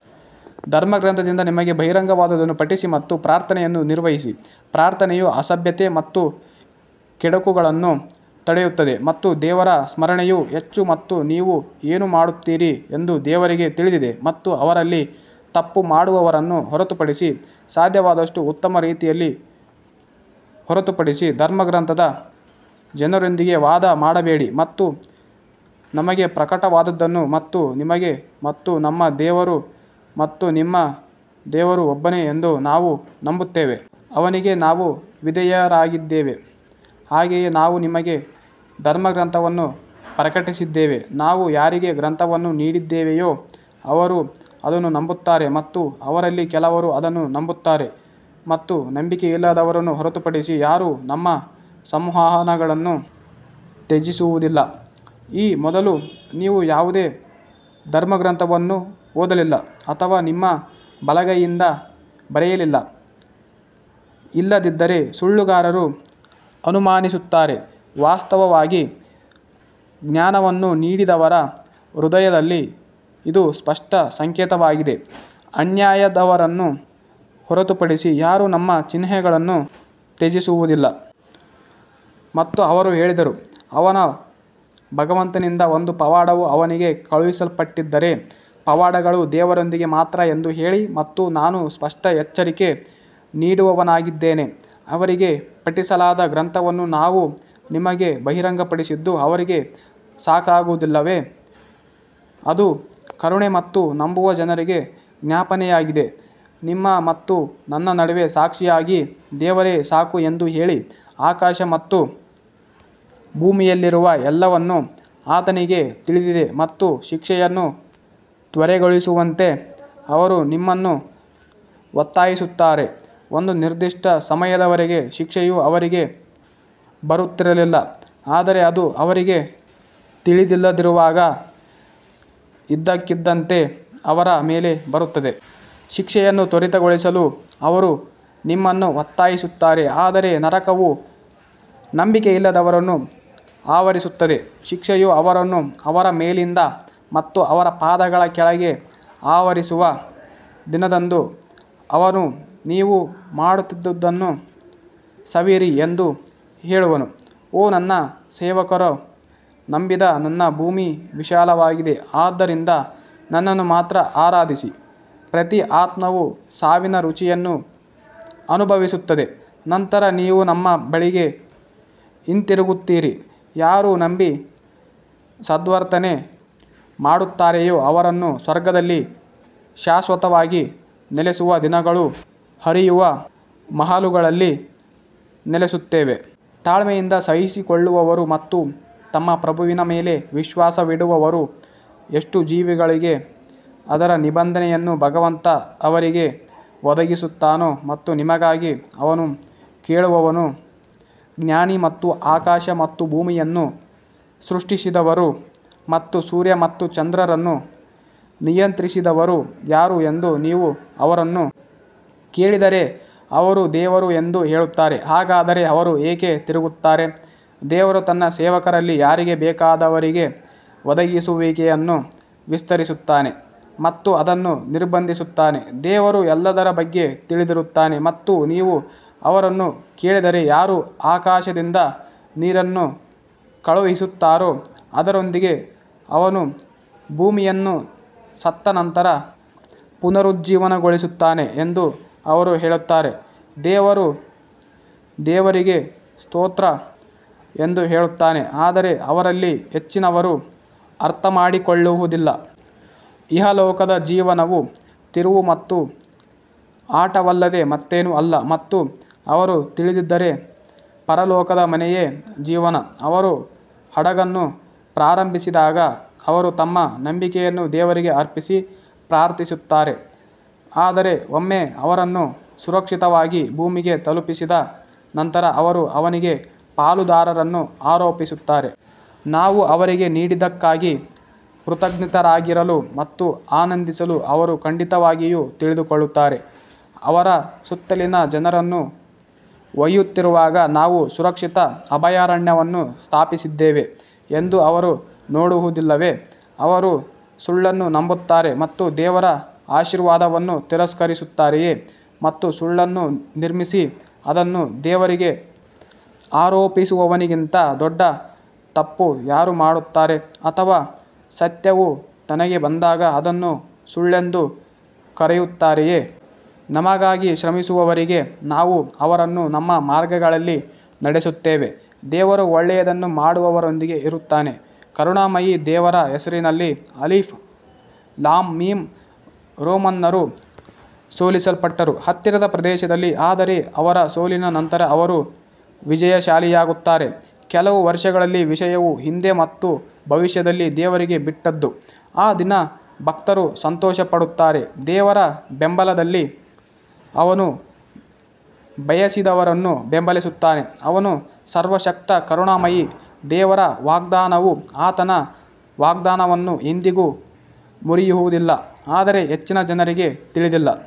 ಧರ್ಮಗ್ರಂಥದಿಂದ ನಿಮಗೆ ಬಹಿರಂಗವಾದದ್ದನ್ನು ಪಠಿಸಿ ಮತ್ತು ಪ್ರಾರ್ಥನೆಯನ್ನು ನಿರ್ವಹಿಸಿ ಪ್ರಾರ್ಥನೆಯು ಅಸಭ್ಯತೆ ಮತ್ತು ಕೆಡುಕುಗಳನ್ನು ತಡೆಯುತ್ತದೆ ಮತ್ತು ದೇವರ ಸ್ಮರಣೆಯು ಹೆಚ್ಚು ಮತ್ತು ನೀವು ಏನು ಮಾಡುತ್ತೀರಿ ಎಂದು ದೇವರಿಗೆ ತಿಳಿದಿದೆ ಮತ್ತು ಅವರಲ್ಲಿ ತಪ್ಪು ಮಾಡುವವರನ್ನು ಹೊರತುಪಡಿಸಿ ಸಾಧ್ಯವಾದಷ್ಟು ಉತ್ತಮ ರೀತಿಯಲ್ಲಿ ಹೊರತುಪಡಿಸಿ ಧರ್ಮಗ್ರಂಥದ ಜನರೊಂದಿಗೆ ವಾದ ಮಾಡಬೇಡಿ ಮತ್ತು ನಮಗೆ ಪ್ರಕಟವಾದದ್ದನ್ನು ಮತ್ತು ನಿಮಗೆ ಮತ್ತು ನಮ್ಮ ದೇವರು ಮತ್ತು ನಿಮ್ಮ ದೇವರು ಒಬ್ಬನೇ ಎಂದು ನಾವು ನಂಬುತ್ತೇವೆ. ಅವನಿಗೆ ನಾವು ವಿಧೇಯರಾಗಿದ್ದೇವೆ ಹಾಗೆಯೇ ನಾವು ನಿಮಗೆ ಧರ್ಮಗ್ರಂಥವನ್ನು ಪ್ರಕಟಿಸಿದ್ದೇವೆ, ನಾವು ಯಾರಿಗೆ ಗ್ರಂಥವನ್ನು ನೀಡಿದ್ದೇವೆಯೋ ಅವರು ಅದನ್ನು ನಂಬುತ್ತಾರೆ ಮತ್ತು ಅವರಲ್ಲಿ ಕೆಲವರು ಅದನ್ನು ನಂಬುತ್ತಾರೆ ಮತ್ತು ನಂಬಿಕೆಯಿಲ್ಲದವರನ್ನು ಹೊರತುಪಡಿಸಿ ಯಾರೂ ನಮ್ಮ ಸಂವಹನಗಳನ್ನು ತ್ಯಜಿಸುವುದಿಲ್ಲ. ಈ ಮೊದಲು ನೀವು ಯಾವುದೇ ಧರ್ಮಗ್ರಂಥವನ್ನು ಓದಲಿಲ್ಲ ಅಥವಾ ನಿಮ್ಮ ಬಲಗೈಯಿಂದ ಬರೆಯಲಿಲ್ಲ ಇಲ್ಲದಿದ್ದರೆ ಸುಳ್ಳುಗಾರರು ಅನುಮಾನಿಸುತ್ತಾರೆ ವಾಸ್ತವವಾಗಿ, ಜ್ಞಾನವನ್ನು ನೀಡಿದವರ ಹೃದಯದಲ್ಲಿ ಇದು ಸ್ಪಷ್ಟ ಸಂಕೇತವಾಗಿದೆ, ಅನ್ಯಾಯದವರನ್ನು ಹೊರತುಪಡಿಸಿ ಯಾರೂ ನಮ್ಮ ಚಿಹ್ನೆಗಳನ್ನು ತ್ಯಜಿಸುವುದಿಲ್ಲ. ಮತ್ತು ಅವರು ಹೇಳಿದರು, ಅವನ ಭಗವಂತನಿಂದ ಒಂದು ಪವಾಡವು ಅವನಿಗೆ ಕಳುಹಿಸಲ್ಪಟ್ಟಿದ್ದರೆ, ಪವಾಡಗಳು ದೇವರೊಂದಿಗೆ ಮಾತ್ರ ಎಂದು ಹೇಳಿ ಮತ್ತು ನಾನು ಸ್ಪಷ್ಟ ಎಚ್ಚರಿಕೆ ನೀಡುವವನಾಗಿದ್ದೇನೆ. ಅವರಿಗೆ ಪಠಿಸಲಾದ ಗ್ರಂಥವನ್ನು ನಾವು ನಿಮಗೆ ಬಹಿರಂಗಪಡಿಸಿದ್ದು ಅವರಿಗೆ ಸಾಕಾಗುವುದಿಲ್ಲವೇ ಅದು ಕರುಣೆ ಮತ್ತು ನಂಬುವ ಜನರಿಗೆ ಜ್ಞಾಪನೆಯಾಗಿದೆ ನಿಮ್ಮ ಮತ್ತು ನನ್ನ ನಡುವೆ ಸಾಕ್ಷಿಯಾಗಿ ದೇವರೇ ಸಾಕು ಎಂದು ಹೇಳಿ ಆಕಾಶ ಮತ್ತು ಭೂಮಿಯಲ್ಲಿರುವ ಎಲ್ಲವನ್ನೂ ಆತನಿಗೆ ತಿಳಿದಿದೆ ಮತ್ತು ಶಿಕ್ಷೆಯನ್ನು ತ್ವರೆಗೊಳಿಸುವಂತೆ ಅವರು ನಿಮ್ಮನ್ನು ಒತ್ತಾಯಿಸುತ್ತಾರೆ, ಒಂದು ನಿರ್ದಿಷ್ಟ ಸಮಯದವರೆಗೆ ಶಿಕ್ಷೆಯು ಅವರಿಗೆ ಬರುತ್ತಿರಲಿಲ್ಲ ಆದರೆ ಅದು ಅವರಿಗೆ ತಿಳಿದಿಲ್ಲದಿರುವಾಗ ಇದ್ದಕ್ಕಿದ್ದಂತೆ ಅವರ ಮೇಲೆ ಬರುತ್ತದೆ. ಶಿಕ್ಷೆಯನ್ನು ತ್ವರಿತಗೊಳಿಸಲು ಅವರು ನಿಮ್ಮನ್ನು ಒತ್ತಾಯಿಸುತ್ತಾರೆ ಆದರೆ ನರಕವು ನಂಬಿಕೆಯಿಲ್ಲದವರನ್ನು ಆವರಿಸುತ್ತದೆ ಶಿಕ್ಷೆಯು ಅವರನ್ನು ಅವರ ಮೇಲಿನಿಂದ ಮತ್ತು ಅವರ ಪಾದಗಳ ಕೆಳಗೆ ಆವರಿಸುವ ದಿನದಂದು ಅವನು ನೀವು ಮಾಡುತ್ತಿದ್ದುದನ್ನು ಸವಿಯಿರಿ ಎಂದು ಹೇಳುವನು. ಓ ನನ್ನ ಸೇವಕರು ನಂಬಿದ ನನ್ನ ಭೂಮಿ ವಿಶಾಲವಾಗಿದೆ ಆದ್ದರಿಂದ ನನ್ನನ್ನು ಮಾತ್ರ ಆರಾಧಿಸಿ ಪ್ರತಿ ಆತ್ಮವು ಸಾವಿನ ರುಚಿಯನ್ನು ಅನುಭವಿಸುತ್ತದೆ ನಂತರ ನೀವು ನಮ್ಮ ಬಳಿಗೆ ಹಿಂತಿರುಗುತ್ತೀರಿ ಯಾರು ನಂಬಿ ಸದ್ವರ್ತನೆ ಮಾಡುತ್ತಾರೆಯೋ ಅವರನ್ನು ಸ್ವರ್ಗದಲ್ಲಿ ಶಾಶ್ವತವಾಗಿ ನೆಲೆಸುವ ನದಿಗಳು ಹರಿಯುವ ಮಹಲುಗಳಲ್ಲಿ ನೆಲೆಸುತ್ತೇವೆ. ತಾಳ್ಮೆಯಿಂದ ಸಹಿಸಿಕೊಳ್ಳುವವರು ಮತ್ತು ತಮ್ಮ ಪ್ರಭುವಿನ ಮೇಲೆ ವಿಶ್ವಾಸವಿಡುವವರು ಎಷ್ಟು ಜೀವಿಗಳಿವೆ ಅದರ ನಿಬಂಧನೆಯನ್ನು ಭಗವಂತ ಅವರಿಗೆ ಒದಗಿಸುತ್ತಾನೆ ಮತ್ತು ನಿಮಗಾಗಿ ಅವನು ಕೇಳುವವನು ಜ್ಞಾನಿ ಮತ್ತು ಆಕಾಶ ಮತ್ತು ಭೂಮಿಯನ್ನು ಸೃಷ್ಟಿಸಿದವರು ಮತ್ತು ಸೂರ್ಯ ಮತ್ತು ಚಂದ್ರರನ್ನು ನಿಯಂತ್ರಿಸಿದವರು ಯಾರು ಎಂದು ನೀವು ಅವರನ್ನು ಕೇಳಿದರೆ ಅವರು ದೇವರು ಎಂದು ಹೇಳುತ್ತಾರೆ ಹಾಗಾದರೆ ಅವರು ಏಕೆ ತಿರುಗುತ್ತಾರೆ ದೇವರು ತನ್ನ ಸೇವಕರಲ್ಲಿ ಯಾರಿಗೆ ಬೇಕಾದವರಿಗೆ ಒದಗಿಸುವಿಕೆಯನ್ನು ವಿಸ್ತರಿಸುತ್ತಾನೆ ಮತ್ತು ಅದನ್ನು ನಿರ್ಬಂಧಿಸುತ್ತಾನೆ ದೇವರು ಎಲ್ಲದರ ಬಗ್ಗೆ ತಿಳಿದಿರುತ್ತಾನೆ ಮತ್ತು ನೀವು ಅವರನ್ನು ಕೇಳಿದರೆ ಯಾರು ಆಕಾಶದಿಂದ ನೀರನ್ನು ಕಳುಹಿಸುತ್ತಾರೆ, ಅದರೊಂದಿಗೆ ಅವನು ಭೂಮಿಯನ್ನು ಸತ್ತ ನಂತರ ಪುನರುಜ್ಜೀವನಗೊಳಿಸುತ್ತಾನೆ ಎಂದು ಅವರು ಹೇಳುತ್ತಾರೆ, ದೇವರು ದೇವರಿಗೆ ಸ್ತೋತ್ರ ಎಂದು ಹೇಳುತ್ತಾನೆ ಆದರೆ ಅವರಲ್ಲಿ ಹೆಚ್ಚಿನವರು ಅರ್ಥಮಾಡಿಕೊಳ್ಳುವುದಿಲ್ಲ. ಇಹಲೋಕದ ಜೀವನವು ತಿರುವು ಮತ್ತು ಆಟವಲ್ಲದೇ ಮತ್ತೇನೂ ಅಲ್ಲ ಮತ್ತು ಅವರು ತಿಳಿದಿದ್ದರೆ ಪರಲೋಕದ ಮನೆಯೇ ಜೀವನ ಅವರು ಹಡಗನ್ನು ಪ್ರಾರಂಭಿಸಿದಾಗ ಅವರು ತಮ್ಮ ನಂಬಿಕೆಯನ್ನು ದೇವರಿಗೆ ಅರ್ಪಿಸಿ ಪ್ರಾರ್ಥಿಸುತ್ತಾರೆ ಆದರೆ ಒಮ್ಮೆ ಅವರನ್ನು ಸುರಕ್ಷಿತವಾಗಿ ಭೂಮಿಗೆ ತಲುಪಿಸಿದ ನಂತರ ಅವರು ಅವನಿಗೆ ಪಾಲುದಾರರನ್ನು ಆರೋಪಿಸುತ್ತಾರೆ. ನಾವು ಅವರಿಗೆ ನೀಡಿದ್ದಕ್ಕಾಗಿ ಕೃತಜ್ಞರಾಗಿರಲು ಮತ್ತು ಆನಂದಿಸಲು ಅವರು ಖಂಡಿತವಾಗಿಯೂ ತಿಳಿದುಕೊಳ್ಳುತ್ತಾರೆ ಅವರ ಸುತ್ತಲಿನ ಜನರನ್ನು ಒಯ್ಯುತ್ತಿರುವಾಗ ನಾವು ಸುರಕ್ಷಿತ ಅಭಯಾರಣ್ಯವನ್ನು ಸ್ಥಾಪಿಸಿದ್ದೇವೆ ಎಂದು ಅವರು ನೋಡುವುದಿಲ್ಲವೇ ಅವರು ಸುಳ್ಳನ್ನು ನಂಬುತ್ತಾರೆ ಮತ್ತು ದೇವರ ಆಶೀರ್ವಾದವನ್ನು ತಿರಸ್ಕರಿಸುತ್ತಾರೆಯೇ? ಮತ್ತು ಸುಳ್ಳನ್ನು ನಿರ್ಮಿಸಿ ಅದನ್ನು ದೇವರಿಗೆ ಆರೋಪಿಸುವವನಿಗಿಂತ ದೊಡ್ಡ ತಪ್ಪು ಯಾರು ಮಾಡುತ್ತಾರೆ ಅಥವಾ ಸತ್ಯವು ತನಗೆ ಬಂದಾಗ ಅದನ್ನು ಸುಳ್ಳೆಂದು ಕರೆಯುತ್ತಾರೆಯೇ? ನಮಗಾಗಿ ಶ್ರಮಿಸುವವರಿಗೆ ನಾವು ಅವರನ್ನು ನಮ್ಮ ಮಾರ್ಗಗಳಲ್ಲಿ ನಡೆಸುತ್ತೇವೆ, ದೇವರು ಒಳ್ಳೆಯದನ್ನು ಮಾಡುವವರೊಂದಿಗೆ ಇರುತ್ತಾನೆ ಕರುಣಾಮಯಿ ದೇವರ ಹೆಸರಿನಲ್ಲಿ ಅಲಿಫ್ ಲಾಮ್ ಮೀಮ್ ರೋಮನ್ನರು ಸೋಲಿಸಲ್ಪಟ್ಟರು ಹತ್ತಿರದ ಪ್ರದೇಶದಲ್ಲಿ ಆದರೆ ಅವರ ಸೋಲಿನ ನಂತರ ಅವರು ವಿಜಯಶಾಲಿಯಾಗುತ್ತಾರೆ ಕೆಲವು ವರ್ಷಗಳಲ್ಲಿ ವಿಷಯವು ಹಿಂದೆ ಮತ್ತು ಭವಿಷ್ಯದಲ್ಲಿ ದೇವರಿಗೆ ಬಿಟ್ಟದ್ದು ಆ ದಿನ ಭಕ್ತರು ಸಂತೋಷಪಡುತ್ತಾರೆ ದೇವರ ಬೆಂಬಲದಲ್ಲಿ ಅವನು ಬಯಸಿದವರನ್ನು ಬೆಂಬಲಿಸುತ್ತಾನೆ ಅವನು ಸರ್ವಶಕ್ತ ಕರುಣಾಮಯಿ ದೇವರ ವಾಗ್ದಾನವು ಆತನ ವಾಗ್ದಾನವನ್ನು ಎಂದಿಗೂ ಮುರಿಯುವುದಿಲ್ಲ ಆದರೆ ಹೆಚ್ಚಿನ ಜನರಿಗೆ ತಿಳಿದಿಲ್ಲ.